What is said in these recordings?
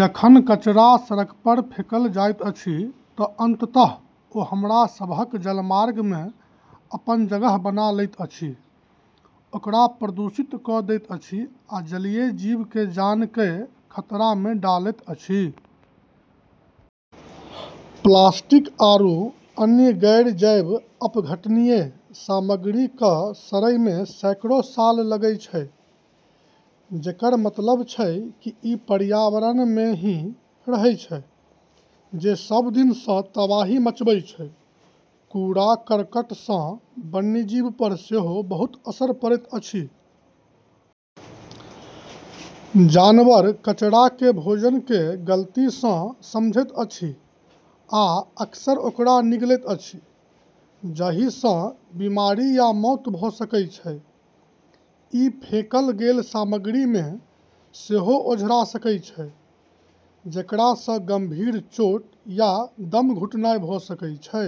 जखन कचरा सड़क पर फेंकल जाइत अछि तऽ अंततः ओ हमरा सबहक जलमार्ग मे अपन जगह बना लैत अछि, ओकरा प्रदूषित कऽ दैत अछि, आ जलीय जीव के जान कए खतरा मे डालैत अछि। प्लास्टिक आरू अन्य गैर-जैव अपघटनीय सामग्री क॑ सड़ै म॑ [सैकड़ों] साल लगै छै, जेकरऽ मतलब छै कि ई पर्यावरण म॑ ही रहै छै, जे सभ दिनसँ तबाही मचबै छै। कूड़ा-करकट सँ वन्यजीव पर सेहो बहुत असर पड़ैत अछि। जानवर कचरा के भोजन के गलती सँ समझैत अछि आ अक्सर ओकरा निगलैत अछि, जहि सँ बीमारी या मौत भऽ सकय छै। ई फेंकल गेल सामग्री मे सेहो ओझरा सकय छै, जेकरा सँ गंभीर चोट या दम घुटनाय भऽ सकय छै।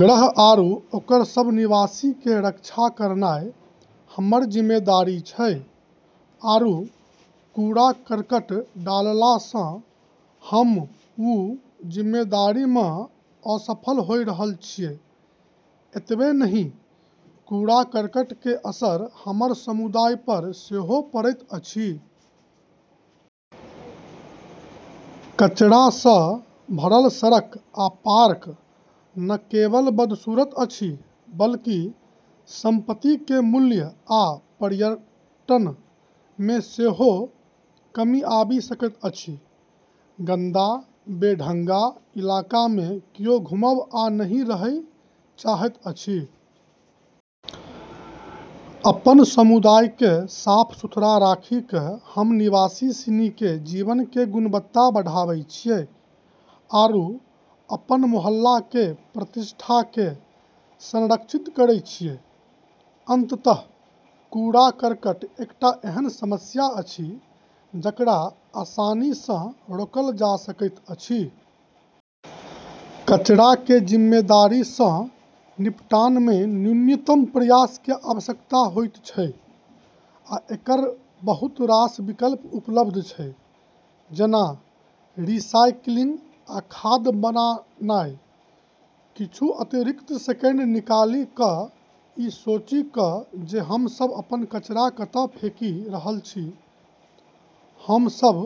ग्रह आरू ओकर सब निवासी के रक्षा करनाय हमर जिम्मेदारी छै, आरू कूड़ा-करकट डालला स॑ हम्मं॑ वू जिम्मेदारी म॑ असफल होय रहलऽ छियै। एतबे नहि, कूड़ा-करकट के असर हमर समुदाय पर सेहो पड़ैत अछि। कचरा सँ भरल सड़क आ पार्क न केवल बदसूरत अछि बल्कि संपत्ति के मूल्य आ पर्यटन मे सेहो कमी आबि सकैत अछि। गंदा, बेढंगा इलाका मे कियो घुमब आ नहि रहय चाहैत अछि। अपन समुदाय क॑ साफ-सुथरा रखी क॑ हम्मं॑ निवासी सिनी के जीवन के गुणवत्ता बढ़ाबै छियै, आरू अपन मोहल्ला के प्रतिष्ठाकें संरक्षित करै छियै। अंततः कूड़ा-करकट एकटा एहन समस्या अछि जकरा आसानी सँ रोकल जा सकैत अछि। कचरा के जिम्मेदारी सँ निपटान मे न्यूनतम प्रयास के आवश्यकता होयत छै, आ एकर बहुत रास विकल्प उपलब्ध छै, जेना रिसाइकिलिंग आ खाद बनानाय। किछु अतिरिक्त सेकेंड निकालि क' ई सोचि क' जे हम सभ अपन कचरा कतय फेकि रहल छी, हम सभ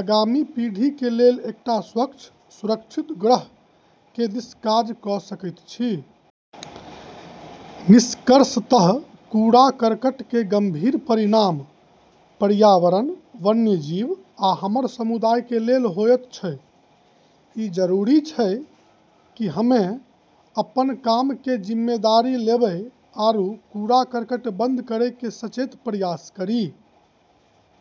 आगामी पीढ़ी के लेल एकटा स्वच्छ, सुरक्षित ग्रह के दिस काज क' सकैत छी। निष्कर्षतः, कूड़ा-करकट के गंभीर परिणाम पर्यावरण, वन्यजीव आ हमर समुदाय के लेल होयत छै। ई जरूरी छै कि हम्में अपन काम के जिम्मेदारी लेबै आरू कूड़ा-करकट बंद करै के सचेत प्रयास करी।